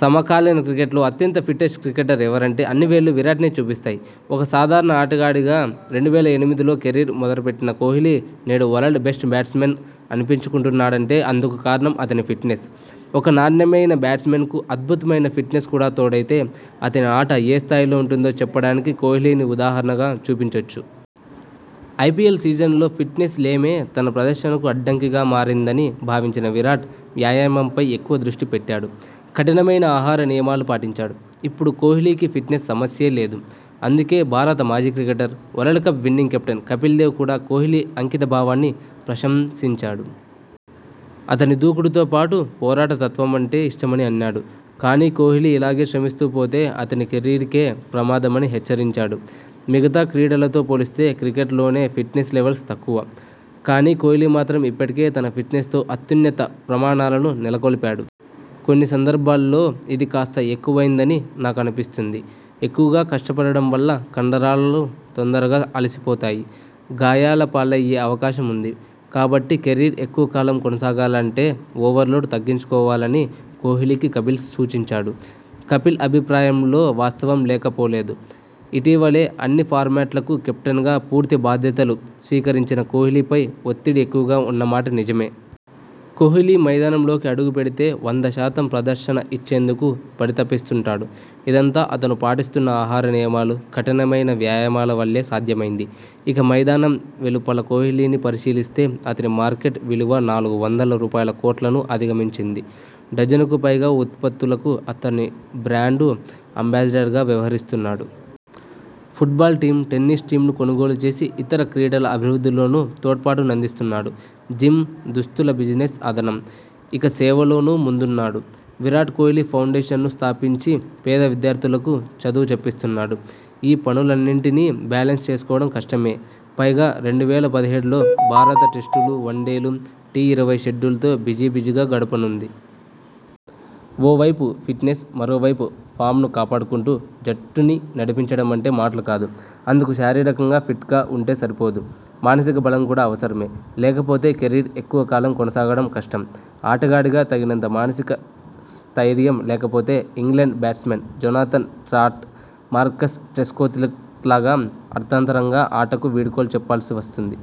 సమకాలీన క్రికెట్లో అత్యంత ఫిట్టెస్ట్ క్రికెటర్ ఎవరంటే అన్ని వేళ్లూ విరాట్నే చూపిస్తాయి! ఒక సాధారణ ఆటగాడిగా రెండు వేల ఎనిమిదిలో కెరీర్ మొదలెట్టిన కోహ్లీ నేడు వరల్డ్ బెస్ట్ బ్యాట్స్మన్ అనిపించుకుంటున్నాడంటే అందుకు కారణం అతని ఫిట్నెస్. ఒక నాణ్యమైన బ్యాట్స్మెన్కు అద్భుతమైన ఫిట్నెస్ కూడా తోడైతే అతని ఆట ఏ స్థాయిలో ఉంటుందో చెప్పడానికి కోహ్లీని ఉదాహరణగా చూపించొచ్చు. ఐపీఎల్ సీజన్లో ఫిట్నెస్ లేమే తన ప్రదర్శనకు అడ్డంకిగా మారిందని భావించిన విరాట్ వ్యాయామంపై ఎక్కువ దృష్టి పెట్టాడు. కఠినమైన ఆహార నియమాలు పాటించాడు. ఇప్పుడు కోహ్లీకి ఫిట్నెస్ సమస్యే లేదు. అందుకే భారత మాజీ cricketer, world cup winning captain Kapil Dev కూడా కోహ్లీ అంకిత భావాన్ని ప్రశంసించాడు. అతని దూకుడుతో పాటు పోరాట తత్వమంటే ఇష్టమని అన్నాడు. కానీ కోహ్లీ ఇలాగే శ్రమిస్తూ పోతే అతని కెరీర్కే ప్రమాదమని హెచ్చరించాడు. 'మిగతా క్రీడలతో పోలిస్తే క్రికెట్లోనే ఫిట్నెస్ లెవెల్స్ తక్కువ. కానీ కోహ్లీ మాత్రం ఇప్పటికే తన ఫిట్నెస్ తో అత్యున్నత ప్రమాణాలను నెలకొల్పాడు. కొన్ని సందర్భాల్లో ఇది కాస్త ఎక్కువైందని నాకనిపిస్తుంది. ఎక్కువగా కష్టపడడం వల్ల కండరాలు తొందరగా అలసిపోతాయి. గాయాల పాలయ్యే అవకాశం ఉంది. కాబట్టి కెరీర్ ఎక్కువ కాలం కొనసాగాలంటే ఓవర్లోడ్ తగ్గించుకోవాల'ని కోహ్లీకి కపిల్ సూచించాడు. కపిల్ అభిప్రాయంలో వాస్తవం లేకపోలేదు. ఇటీవలే అన్ని ఫార్మాట్లకు కెప్టెన్గా పూర్తి బాధ్యతలు స్వీకరించిన కోహ్లీ పై ఒత్తిడి ఎక్కువగా ఉన్న మాట నిజమే! కోహ్లీ మైదానం లోకి అడుగు పెడితే వంద శాతం ప్రదర్శన ఇచ్చేందుకు పరితపిస్తుంటాడు. ఇదంతా అతను పాటిస్తున్న ఆహార నియమాలు, కఠినమైన వ్యాయామాల వల్లే సాధ్యమైంది. ఇక మైదానం వెలుపల కోహ్లీని పరిశీలిస్తే అతని మార్కెట్ విలువ నాలుగు వందల రూపాయల కోట్లను అధిగమించింది. డజనుకు పైగా ఉత్పత్తులకు అతను బ్రాండ్ అంబాసిడర్గా వ్యవహరిస్తున్నాడు. ఫుట్బాల్ టీమ్, టెన్నిస్ టీమ్ను కొనుగోలు చేసి ఇతర క్రీడల అభివృద్ధిలోనూ తోడ్పాటునందిస్తున్నాడు. జిమ్, దుస్తుల బిజినెస్ అదనం. ఇక సేవలోనూ ముందున్నాడు. విరాట్ కోహ్లీ ఫౌండేషన్ ను స్థాపించి పేద విద్యార్థులకు చదువు చెప్పిస్తున్నాడు. ఈ పనులన్నిటినీ బ్యాలెన్స్ చేసుకోవడం కష్టమే. పైగా రెండు వేల పదిహేడు లో భారత టెస్టులు, వన్డేలు, టీఇరవై షెడ్యూల్తో బిజీ బిజీగా గడపనుంది. ఓ వైపు ఫిట్నెస్, మరోవైపు ఫామ్ను కాపాడుకుంటూ జట్టుని నడిపించడమంటే మాటలు కాదు. అందుకు శారీరకంగా ఫిట్గా ఉంటే సరిపోదు. మానసిక బలం కూడా అవసరమే. లేకపోతే కెరీర్ ఎక్కువ కాలం కొనసాగడం కష్టం. ఆటగాడికి తగినంత మానసిక స్థయిర్యం లేకపోతే England batsman Jonathan Trott, Marcus ట్రెస్కోథిక్లాగా అర్ధంతరంగా ఆటకు వీడ్కోలు చెప్పాల్సి వస్తుంది.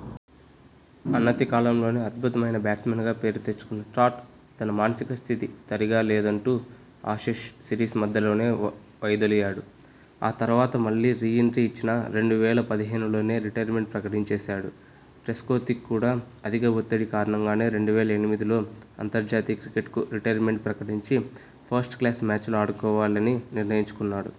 అనతి కాలంలోనే అద్భుతమైన బ్యాట్స్మన్గా పేరు తెచ్చుకున్న ట్రాట్ తన మానసిక స్థితి సరిగా లేదంటూ యాషెస్ సిరీస్ మధ్యలోనే వైదొలిగాడు. ఆ తర్వాత మళ్లీ రీ ఎంట్రీ ఇచ్చినా రెండు వేల పదిహేనులోనే రిటైర్మెంట్ ప్రకటించేశాడు. ట్రెస్కోథిక్ కూడా అధిక ఒత్తిడి కారణంగానే రెండు వేల ఎనిమిదిలో అంతర్జాతీయ క్రికెట్కు రిటైర్మెంట్ ప్రకటించి ఫస్ట్క్లాస్ మ్యాచ్లు ఆడుకోవాలని నిర్ణయించుకున్నాడు.